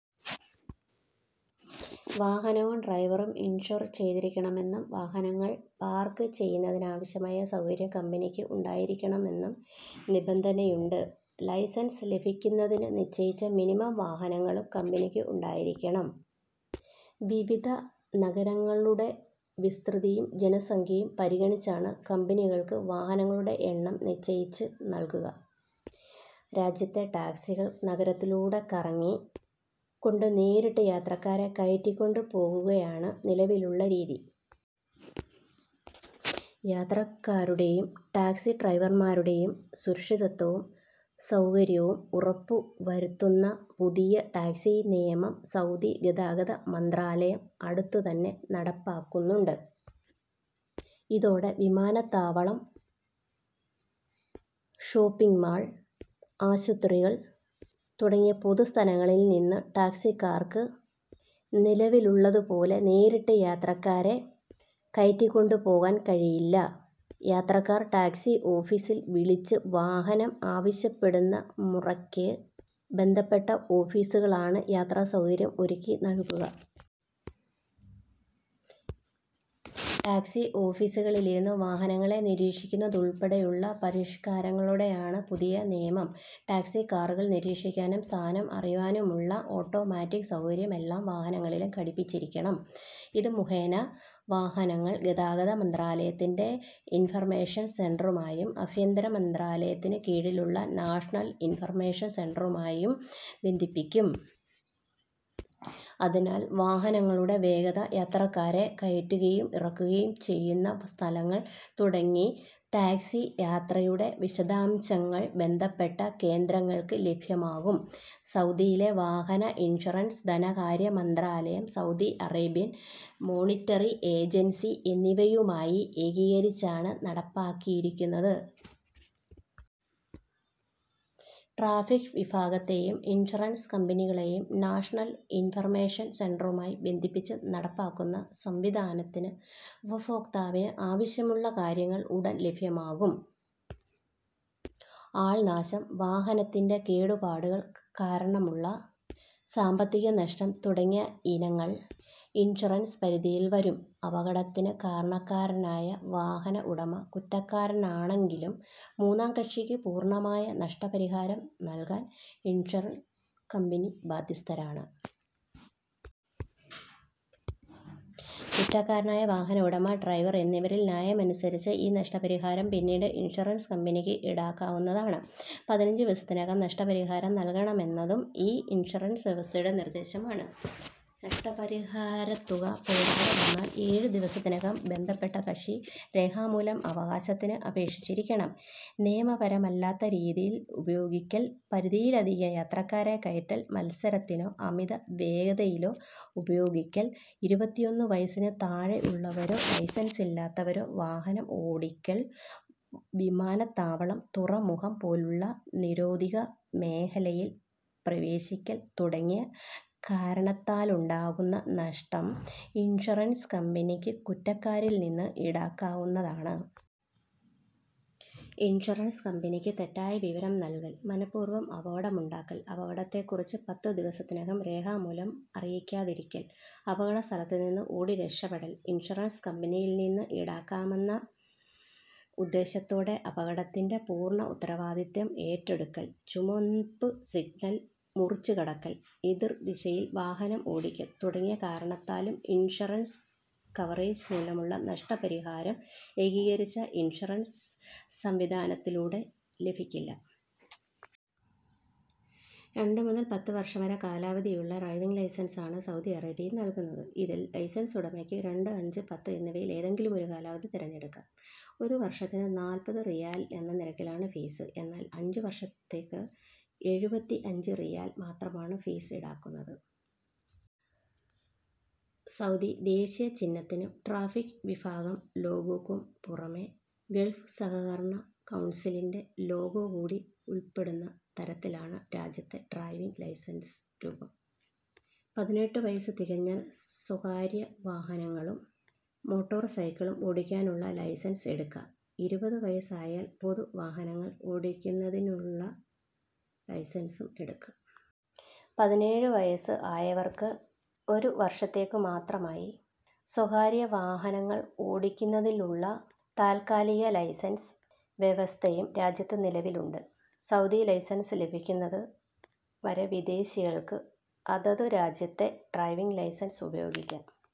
വാഹനവും ഡ്രൈവറും ഇൻഷുർ ചെയ്തിരിക്കണമെന്നും വാഹനങ്ങൾ പാർക്ക് ചെയ്യുന്നതിന് ആവശ്യമായ സൗകര്യം കമ്പനിക്ക് ഉണ്ടായിരിക്കണമെന്നും നിബന്ധനയുണ്ട്. ലൈസൻസ് ലഭ്യമാകുന്നതിന് നിശ്ചയിച്ച മിനിമം വാഹനങ്ങളും കമ്പനിക്ക് ഉണ്ടായിരിക്കണം. വിവിധ നഗരങ്ങളുടെ വിസ്തൃതിയും ജനസംഖ്യയും പരിഗണിച്ചാണ് കമ്പനികൾക്ക് വാഹനങ്ങളുടെ എണ്ണം നിശ്ചയിച്ച് നൽകുക. രാജ്യത്തെ ടാക്സികൾ നഗരത്തിലൂടെ കറങ്ങി കൊണ്ട് നേരിട്ട് യാത്രക്കാരെ കയറ്റികൊണ്ടു പോകുകയാണ് നിലവിലുള്ള രീതി. യാത്രക്കാരുടെയും ടാക്സി ഡ്രൈവർമാരുടെയും സുരക്ഷിതത്വവും സൗകര്യവും ഉറപ്പുവരുത്തുന്ന പുതിയ ടാക്സി നിയമം സൗദി ഗതാഗത മന്ത്രാലയം അടുത്തു തന്നെ നടപ്പാക്കുന്നുണ്ട്. ഇതോടെ വിമാനത്താവളം, ഷോപ്പിങ്ങ്മാൾ, ആശുപത്രികൾ തുടങ്ങിയ പൊതുസ്ഥലങ്ങളിൽ നിന്ന് ടാക്സിക്കാർക്ക് നിലവിലുള്ളത് പോലെ നേരിട്ട് യാത്രക്കാരെ കയറ്റികൊണ്ടുപോകാൻ കഴിയില്ല. യാത്രക്കാർ ടാക്സി ഓഫീസിൽ വിളിച്ച് വാഹനം ആവശ്യപ്പെടുന്ന മുറക്ക് ബന്ധപ്പെട്ട ഓഫീസുകളാണ് യാത്രാ സൗകര്യം ഒരുക്കിനൽകുക. ടാക്സി ഓഫീസുകളിലിരുന്ന് വാഹനങ്ങളെ നിരീക്ഷിക്കുന്നതുൾപ്പെടെയുള്ള പരിഷ്കാരങ്ങളോടെയാണ് പുതിയ നിയമം. ടാക്സി കാറുകൾ നിരീക്ഷിക്കാനും സ്ഥാനം അറിയാനുമുള്ള ഓട്ടോമാറ്റിക് സൗകര്യം എല്ലാ വാഹനങ്ങളിലും ഘടിപ്പിച്ചിരിക്കണം. ഇത് മുഖേന വാഹനങ്ങൾ ഗതാഗത മന്ത്രാലയത്തിന്റെ ഇൻഫർമേഷൻ സെന്ററുമായും ആഭ്യന്തര മന്ത്രാലയത്തിന് കീഴിലുള്ള നാഷണൽ ഇൻഫർമേഷൻ സെന്ററുമായും ബന്ധിപ്പിക്കും. അതിനാൽ വാഹനങ്ങളുടെ വേഗത, യാത്രക്കാരെ കയറ്റുകയും ഇറക്കുകയും ചെയ്യുന്ന സ്ഥലങ്ങൾ തുടങ്ങി ടാക്സി യാത്രയുടെ വിശദാംശങ്ങൾ ബന്ധപ്പെട്ട കേന്ദ്രങ്ങൾക്ക് ലഭ്യമാകും സൗദിയിലെ വാഹന ഇൻഷുറൻസ് ധനകാര്യ മന്ത്രാലയം, സൗദി അറേബ്യൻ മോണിറ്ററി ഏജൻസി എന്നിവയുമായി എകീകരിച്ചാണ് നടപ്പാക്കിയിരിക്കുന്നത്. ട്രാഫിക് വിഭാഗത്തെയും ഇൻഷൂറൻസ് കമ്പനികളെയും നാഷനൽ ഇൻഫർമേഷൻ സെന്ററുമായി ബന്ധിപ്പിച്ച് നടപ്പാക്കുന്ന സംവിധാനത്തിൽ ഉപഭോക്താവിന് ആവശ്യമുള്ള കാര്യങ്ങൾ ഉടൻ ലഭ്യമാകും. ആൾനാശം, വാഹനത്തിന്റെ കേടുപാടുകൾ കാരണമുള്ള സാമ്പത്തിക നഷ്ടം തുടങ്ങിയ ഇനങ്ങൾ ഇൻഷുറൻസ് പരിധിയിൽ വരും. അപകടത്തിന് കാരണക്കാരനായ വാഹന ഉടമ കുറ്റക്കാരനാണെങ്കിലും മൂന്നാം കക്ഷിക്ക് പൂർണമായ നഷ്ടപരിഹാരം നൽകാൻ ഇൻഷുർ കമ്പനി ബാധ്യസ്ഥരാണ്. കുറ്റക്കാരനായ വാഹന ഉടമ, ഡ്രൈവർ എന്നിവരിൽ ന്യായമനുസരിച്ച് ഈ നഷ്ടപരിഹാരം പിന്നീട് ഇൻഷുറൻസ് കമ്പനിക്ക് ഈടാക്കാവുന്നതാണ്. പതിനഞ്ച് ദിവസത്തിനകം നഷ്ടപരിഹാരം നൽകണമെന്നതും ഈ ഇൻഷുറൻസ് വ്യവസ്ഥയുടെ നിർദ്ദേശമാണ്. നഷ്ടപരിഹാരത്തുക പോരാതെ വന്നാൽ ഏഴ് ദിവസത്തിനകം ബന്ധപ്പെട്ട കക്ഷി രേഖാമൂലം അവകാശത്തിന് അപേക്ഷിച്ചിരിക്കണം. നിയമപരമല്ലാത്ത രീതിയിൽ ഉപയോഗിക്കൽ, പരിധിയിലധികം യാത്രക്കാരെ കയറ്റൽ, മത്സരത്തിനോ അമിത വേഗതയിലോ ഉപയോഗിക്കൽ, ഇരുപത്തിയൊന്ന് വയസ്സിന് താഴെയുള്ളവരോ ലൈസൻസില്ലാത്തവരോ വാഹനം ഓടിക്കൽ, വിമാനത്താവളം തുറമുഖം പോലുള്ള നിരോധിത മേഖലയിൽ പ്രവേശിക്കൽ തുടങ്ങിയ കാരണത്താലുണ്ടാകുന്ന നഷ്ടം ഇൻഷുറൻസ് കമ്പനിക്ക് കുറ്റക്കാരിൽ നിന്ന് ഈടാക്കാവുന്നതാണ്. ഇൻഷുറൻസ് കമ്പനിക്ക് തെറ്റായ വിവരം നൽകൽ, മനഃപൂർവം അപകടമുണ്ടാക്കൽ, അപകടത്തെക്കുറിച്ച് പത്ത് ദിവസത്തിനകം രേഖാമൂലം അറിയിക്കാതിരിക്കൽ, അപകട സ്ഥലത്തുനിന്ന് ഓടി രക്ഷപ്പെടൽ, ഇൻഷുറൻസ് കമ്പനിയിൽ നിന്ന് ഈടാക്കാമെന്ന ഉദ്ദേശത്തോടെ അപകടത്തിന്റെ പൂർണ ഉത്തരവാദിത്തം ഏറ്റെടുക്കൽ, ചുവപ്പ് സിഗ്നൽ മുറിച്ചുകടക്കൽ, എതിർ ദിശയിൽ വാഹനം ഓടിക്കൽ തുടങ്ങിയ കാരണത്താലും ഇൻഷുറൻസ് കവറേജ് മൂലമുള്ള നഷ്ടപരിഹാരം എകീകരിച്ച ഇൻഷുറൻസ് സംവിധാനത്തിലൂടെ ലഭിക്കില്ല. രണ്ട് മുതൽ പത്ത് വർഷം വരെ കാലാവധിയുള്ള ഡ്രൈവിങ് ലൈസൻസ് ആണ് സൗദി അറേബ്യയിൽ നൽകുന്നത്. ഇതിൽ ലൈസൻസ് ഉടമക്ക് രണ്ട്, അഞ്ച്, പത്ത് എന്നിവയിൽ ഏതെങ്കിലുമൊരു കാലാവധി തെരഞ്ഞെടുക്കാം. ഒരു വർഷത്തിന് നാൽപത് റിയാൽ എന്ന നിരക്കിലാണ് ഫീസ്. എന്നാൽ അഞ്ച് വർഷത്തേക്ക് എഴുപത്തിഅഞ്ച് റിയാൽ മാത്രമാണ് ഫീസ് ഈടാക്കുന്നത്. സൗദി ദേശീയ ചിഹ്നത്തിനും ട്രാഫിക് വിഭാഗം ലോഗോക്കും പുറമെ ഗൾഫ് സഹകരണ കൗൺസിലിന്റെ ലോഗോ കൂടി ഉൾപ്പെടുന്ന തരത്തിലാണ് രാജ്യത്തെ ഡ്രൈവിങ് ലൈസൻസ് രൂപം. പതിനെട്ട് വയസ് തികഞ്ഞാൽ സ്വകാര്യ വാഹനങ്ങളും മോട്ടോർ സൈക്കിളും ഓടിക്കാനുള്ള ലൈസൻസ് എടുക്കാം. ഇരുപതു വയസ് ആയാൽ പൊതു വാഹനങ്ങൾ ഓടിക്കുന്നതിന്നുതിനുള്ള ലൈസൻസും എടുക്കാം. പതിനേഴു വയസ് ആയവർക്ക് ഒരു വർഷത്തേക്ക് മാത്രമായി സ്വകാര്യ വാഹനങ്ങൾ ഓടിക്കുന്നതിനുള്ള താൽക്കാലിക ലൈസൻസ് വ്യവസ്ഥയും രാജ്യത്ത് നിലവിലുണ്ട്. സൗദി ലൈസൻസ് ലഭിക്കുന്നതു വരെ വിദേശികൾക്ക് അതതു രാജ്യത്തെ ഡ്രൈവിങ്ലൈസൻസ് ഉപയോഗിക്കാം